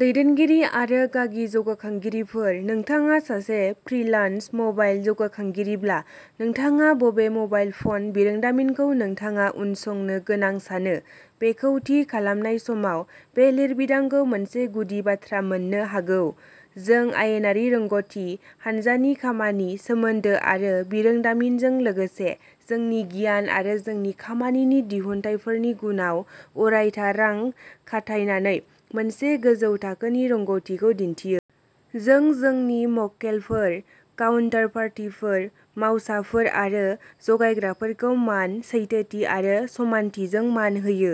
दैदेनगिरि आरो गागि जौगाखांगिरिफोर। नोंथाङा सासे फ्रिलान्स मबाइल जौगाखांगिरिब्ला नोंथाङा बबे मबाइल फ'न बिरोंदामिनखौ नोंथाङा उनसंनो गोनां सानो बेखौ थि खालामनाय समाव बे लिरबिदांखौ मोनसे गुदि बाथ्रा मोननो हागौ। जों आयेनारि रोंग'थि, हानजानि खामानि, सोमोन्दो आरो बिरोंदामिनजों लोगोसे जोंनि गियान आरो जोंनि खामानिनि दिहुनथायफोरनि गुनआव अरायथा रां खाथायनानै मोनसे गोजौ थाखोनि रोंग'थिखौ दिन्थियो। जों जोंनि मक्केलफोर, काउन्टारपार्टिफोर, मावसाफोर आरो जगायग्राफोरखौ मान, सैथोथि आरो समानथिजों मान होयो।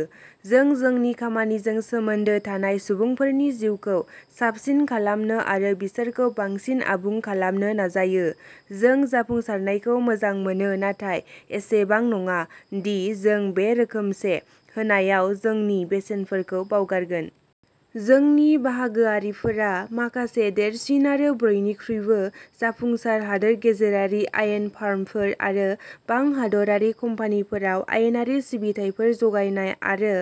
जों जोंनि खामानिजों सोमोन्दो थानाय सुबुंफोरनि जिउखौ साबसिन खालामनो आरो बिसोरखौ बांसिन आबुं खालामनो नाजायो। जों जाफुंसारनायखौ मोजां मोनो नाथाय एसेबां नङा दि जों बे रोखोमसे होनायाव जोंनि बेसेनफोरखौ बावगारगोन। जोंनि बाहागोआरिफोरा माखासे देरसिन आरो बयनिख्रुइबो जाफुंसार हादोर गेजेरारि आयेन फार्मफोर आरो बांहादरारि कम्पानिफोराव आयेनारि सिबिथाइफोर जगायनाय आरो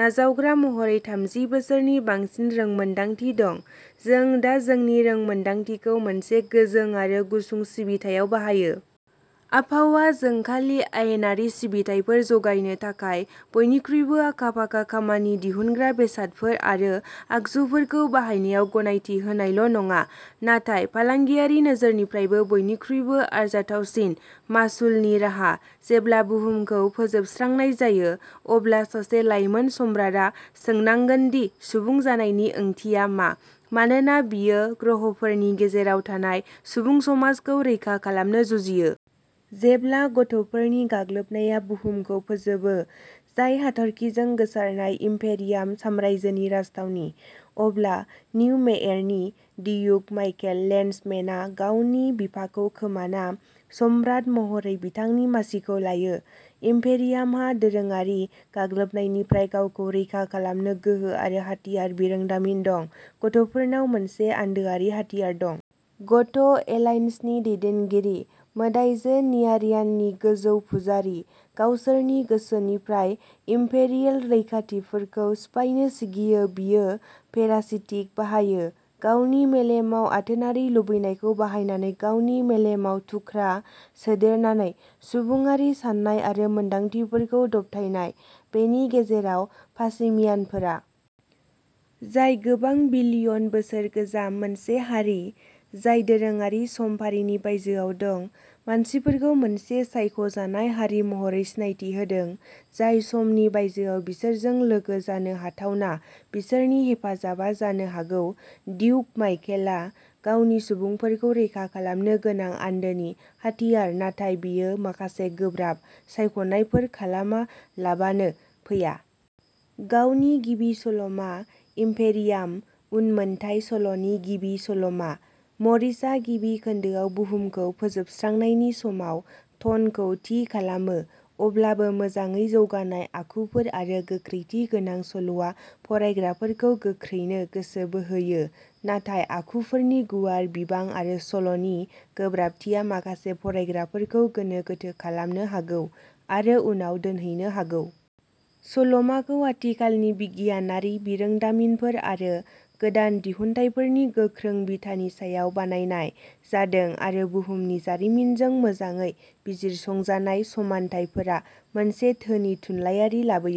नाजावग्रा महरै थामजि बोसोरनि बांसिन रोंमोनदांथि दं। जों दा जोंनि रोंमोनदांथिखौ मोनसे गोजों आरो गुसुं सिबिथायाव बाहायो। आबहावा जों खालि आयेनारि सिबिथायफोर जगायनो थाखाय बयनिख्रुइबो आखा-फाखा खामानि दिहुनग्रा बेसादफोर आरो आगजुफोरखौ बाहायनायाव गनायथि होनायल'नङा, नाथाय फालांगियारि नोजोरनिफ्रायबो बयनिख्रुइबो आरजाथावसिन मासुलनि राहा। जेब्ला बुहुमखौ फोजोबस्रांनाय जायो, अब्ला सासे लाइमोन सम्राटआ सोंनांगोन दि सुबुं जानायनि ओंथिया मा, मानोना बियो ग्रहफोरनि गेजेराव थानाय सुबुं समाजखौ रैखा खालामनो जुजियो। जेब्ला गथ’फोरनि गाग्लोबनाया बुहुमखौ फोजोबो, जाय हाथरखिजों गोसारनाय इम्पेरियाम साम्रायजोनि राजथावनि, अब्ला निउ मेयेरनि डियुक माइकेल लेन्डसमेनआ गावनि बिफाखौ खोमाना सम्राट महरै बिथांनि मासिखौ लायो। इम्पेरियामहा दोरोङारि गाग्लोबनायनिफ्राय गावखौ रैखा खालामनो गोहो आरो हाथियार बिरोंदामिन दं, गथ’फोरनाव मोनसे आन्दोआरि हाथियार दं। गथ’ एलायन्सनि दैदेनगिरि, मोदाइजो नियारियाननि गोजौ पुजारी, गावसोरनि गोसोनिफ्राय इम्पेरियेल रैखाथिफोरखौ सिफायनो सिगियो बियो पेरासिटिक बाहायो। गावनि मेलेमाव आथोनारि लुबैनायखौ बाहायनानै गावनि मेलेमाव थुख्रा सोदेरनानै सुबुङारि साननाय आरो मोन्दांथिफोरखौ दबथायनाय। बेनि गेजेराव, पासिमियानफोरा जाय गोबां बिलियन बोसोर गोजाम मोनसे हारि, जाय दोरोङारि समफारिनि बायजोआव दं, मानसिफोरखौ मोनसे सायख' जानाय हारि महरै सिनायथि होदों, जाय समनि बायजोआव बिसोरजों लोगो जानो हाथावना बिसोरनि हेफाजाबा जानो हागौ डिउक माइकेलआ गावनि सुबुंफोरखौ रैखा खालामनो गोनां आन्दोनि हाथियार-नाथाय बेयो माखासे गोब्राब सायख'नायफोर खालामालाबानो फैया। गावनि गिबि सल'मा, इम्पेरियाम उनमोनथाय सल'नि गिबि सल'मा, मरिसआ गिबि खोन्दोआव बुहुमखौ फोजोबस्रांनायनि समाव टनखौ थि खालामो। अब्लाबो मोजाङै जौगानाय आखुफोर आरो गोख्रैथि गोनां सल'आ फरायग्राफोरखौ गोख्रैनो गोसो बोहोयो, नाथाय आखुफोरनि गुवार बिबां आरो सल'नि गोब्राबथिया माखासे फरायग्राफोरखौ गोनो गोथो खालामनो हागौ आरो उनाव दोनहैनो हागौ। सल'माखौ आथिखालनि बिगियानारि बिरोंदामिनफोर आरो गोदान दिहुनथायफोरनि गोख्रों बिथानि सायाव बानायनाय जादों, आरो बुहुमनि जारिमिनजों मोजाङै बिजिरसंजानाय समानथायफोरा मोनसे धोनि थुनलायारि लाबोयो।